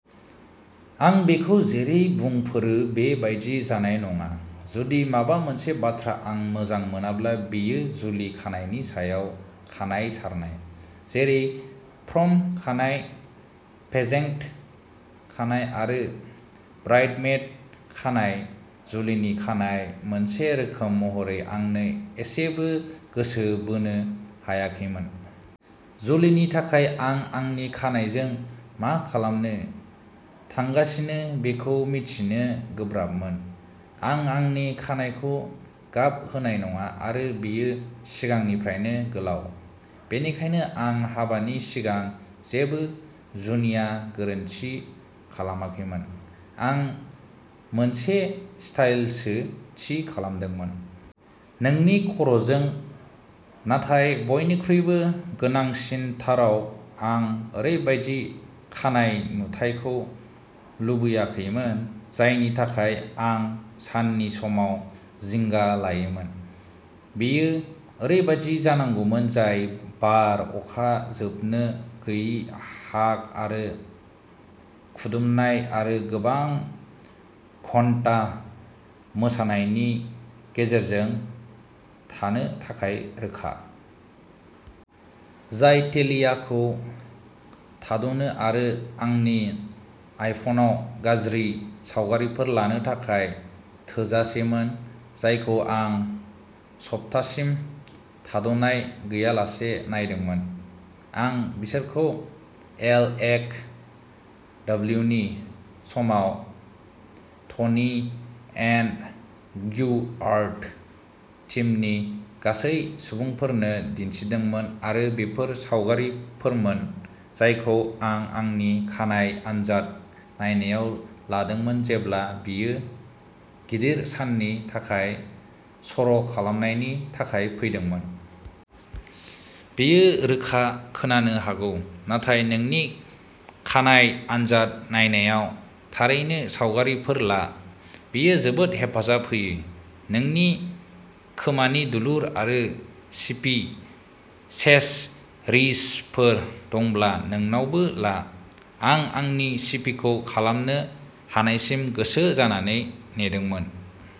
आं बेखौ जेरै बुंफोरो बे बायदि जानाय नङा। जुदि माबा मोनसे बाथ्रा आं मोजां मोनाब्ला बेयो जुलि खानायनि सायाव खानाय सारनाय। जेरै प्रम खानाय पेजेंट खानाय आरो ब्राइदमेइद खानाय जुलिनि खानाय मोनसे रोखोम महरै आंनो एसेबो गोसो बोनो हायाखैमोन। जुलिनि थाखाय आं आंनि खानायजों मा खालामनो थांगासिनो बेखौ मिन्थिनो गोब्राबमोन। आं आंनि खानाइखौ गाब होनाय नङा आरो बेयो सिगांनिफ्रायनो गोलाव। बेनिखायनो आं हाबानि सिगां जेबो जुनिया गोरोन्थि खालामाखैमोन। आं मोनसे स्टाइलसो थि खालामदोंमोन। नोंनि खर'जों। नाथाय बयनिख्रुइबो गोनांसिनथाराव आं ओरैबायदि खानाय नुथायखौ लुबैयाखैमोन जायनि थाखाय आं साननि समाव जिंगा लायोमोन। बेयो ओरैबायदि जानांगौमोन जाय बार, अखा, जोबनो गैयै हाग आरो खुदुमनाय आरो गोबां घन्टा मोसानायनि गेजेरजों थानो थाखाय रोखा। जाय टेलिआखौ थाद'नो आरो आंनि आइफ'नाव गाज्रि सावगारिफोर लानो थाखाय थोजासेमोन। जायखौ आं सप्तासिम थाद'नाय गैयालासे नायदोंमोन। आं बिसोरखौ एल एफ डब्लिउनि समाव ट'नि एन्ड ग्यु आर्ट टीमनि गासै सुबुंफोरनो दिन्थिदोंमोन आरो बेफोर सावगारिफोरमोन जायखौ आं आंनि खानाइ आनजाद नायनायाव लादोंमोन जेब्ला बेयो गिदिर साननि थाखाय सर'खालामनायनि थाखाय फैदोंमोन। बेयो रोखा खोनानो हागौ। नाथाय नोंनि खानाइ आनजाद नायनायाव थारैनो सावगारिफोर ला। बेयो जोबोद हेफाजाब होयो। नोंनि खोमानि दुलुर आरो सिफि सेसरिजफोर दंब्ला नोंनावबो ला। आं आंनि सिफिखौ खालामनो हानायसिम गोसो जानानै नेदोंमोन।